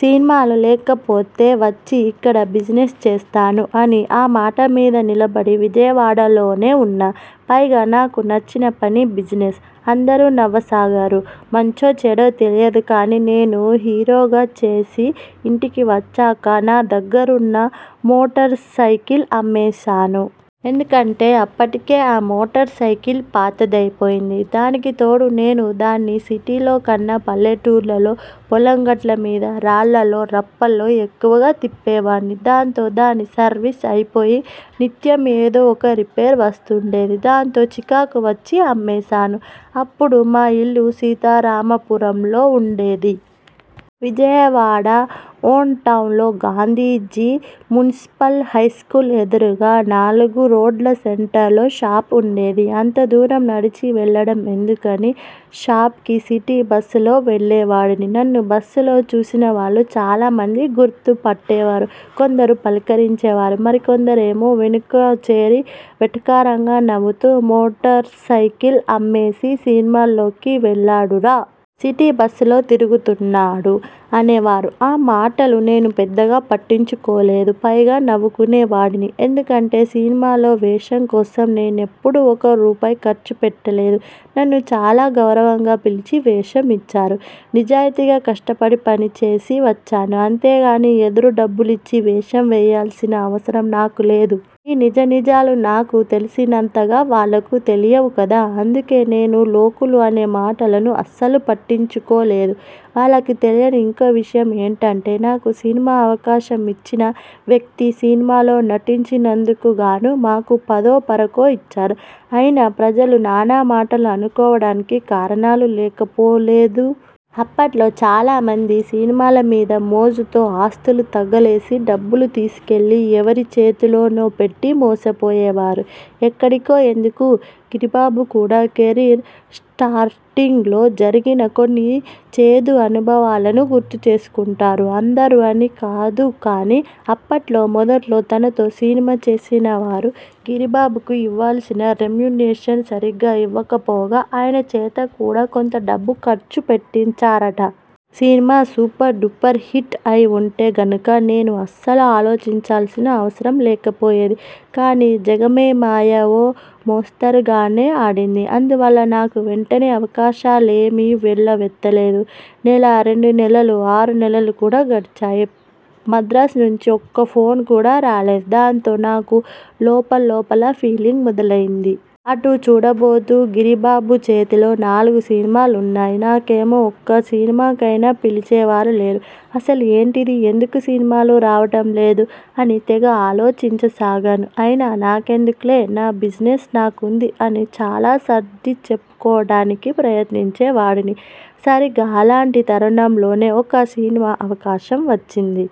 సినిమాలు లేకపోతే వచ్చి ఇక్కడ బిజినెస్ చేస్తాను' అని. ఆ మాటమీద నిలబడి విజయవాడలోనే ఉన్నా. పైగా నాకు నచ్చిన పని బిజినెస్. అందరూ నవ్వసాగారు! మంచో, చెడో తెలియదు కానీ నేను హీరోగా చేసి ఇంటికి వచ్చాక నా దగ్గరున్న మోటార్ సైకిల్ అమ్మేశాను. ఎందుకంటే అప్పటికే ఆ మోటార్సైకిల్ పాతదైపోయింది. దానికితోడు నేను దాన్ని సిటీల్లో కన్నా పల్లెటూర్లల్లో పొలం గట్ల మీద, రాళ్లల్లో రప్పల్లో ఎక్కువగా తిప్పేవాడిని. దాంతో దాని సర్వీస్ అయిపోయి నిత్యం ఏదో ఒక రిపేరు వస్తుండేది. దాంతో చికాకు వచ్చి అమ్మేశాను. అప్పుడు మా ఇల్లు సీతారామపురంలో ఉండేది. విజయవాడ ఒన్ టౌన్లో గాంధీజీ మున్సిపల్ హైస్కూల్ ఎదురుగా నాలుగురోడ్ల సెంటర్లో షాప్ ఉండేది. అంతదూరం నడిచి వెళ్లడం ఎందుకని షాప్కి సిటీబస్సులో వెళ్లేవాడిని. నన్ను బస్సుల్లో చూసినవాళ్లు చాలామంది గుర్తుపట్టేవారు. కొందరు పలకరించేవారు. మరికొందరేమో వెనుకచేరి వెటకారంగా నవ్వుతూ 'మోటార్సైకిల్ అమ్మేసి సినిమాల్లోకి వెళ్లాడురా. సిటీ బస్సుల్లో తిరుగుతున్నాడు' అనేవారు. ఆ మాటలు నేను పెద్దగా పట్టించుకోలేదు. పైగా నవ్వుకునేవాడిని. ఎందుకంటే సినిమాల్లో వేషంకోసం నేనెప్పుడూ ఒక్క రూపాయి ఖర్చుపెట్టలేదు. నన్ను చాలా గౌరవంగా పిలిచి వేషం ఇచ్చారు. నిజాయతీగా కష్టపడి పనిచేసి వచ్చాను. అంతేగానీ ఎదురు డబ్బులిచ్చి వేషం వేయాల్సిన అవసరం నాకు లేదు. ఈ నిజానిజాలు నాకు తెలిసినంతగా వాళ్లకు తెలియవు కదా. అందుకే నేను లోకులు అనే మాటలను అసలు పట్టించుకోలేదు. వాళ్లకి తెలియని ఇంకో విషయం ఏంటంటే, నాకు సినిమా అవకాశం ఇచ్చిన వ్యక్తి సినిమాలో నటించినందుకుగానూ మాకు పదో, పరకో ఇచ్చారు. అయినా, ప్రజలు నానా మాటలు అనుకోవడానికి కారణాలు లేకపోలేదు. అప్పట్లో చాలామంది సినిమాల మీద మోజుతో ఆస్తులు తగలేసి డబ్బులు తీసుకెళ్లి ఎవరి చేతిలోనోపెట్టి మోసపోయేవారు. ఎక్కడికో ఎందుకు? గిరిబాబు కూడా కెరీర్ స్టార్టింగ్లో జరిగిన కొన్ని చేదు అనుభవాలను గుర్తు చేసుకుంటుంటారు. అందరూ అని కాదు కానీ, అప్పట్లో మొదట్లో తనతో సినిమా చేసినవారు గిరిబాబుకు ఇవ్వాల్సిన రెమ్యూనరేషన్ సరిగా ఇవ్వకపోగా, ఆయన చేత కూడా కొంతడబ్బు ఖర్చు పెట్టించారట. సినిమా సూపర్ డూపర్ హిట్ అయి ఉంటే గనుక నేను అసలు ఆలోచించాల్సిన అవసరం లేకపోయేది. కానీ 'జగమేమాయ' ఓ మోస్తరుగానే ఆడింది. అందువల్ల నాకు వెంటనే అవకాశాలేమీ వెల్లువెత్తలేదు. నెలా, రెండునెలలూ, ఆరు నెలలు కూడా గడిచాయి. మద్రాసునుంచి ఒక్కఫోన్ కూడా రాలేదు. దాంతో నాకు లోపల్లోపల ఫీలింగ్ మొదలైంది. అటు చూడబోతే గిరిబాబుచేతిలో నాలుగు సినిమాలున్నాయి. నాకేమో ఒక్క సినిమాకైనా పిలిచేవారు లేరు. 'అసలు ఏంటిది? ఎందుకు సినిమాలు రావడం లేదు? ' అని తెగ ఆలోచించసాగాను. అయినా నాకెందుకులే, నా బిజినెస్ నాకుంది అని చాలా సర్దిచెప్పుకోవడానికి ప్రయత్నించేవాడిని. సరిగా అలాంటి తరుణంలోనే ఒక సినిమా అవకాశం వచ్చింది.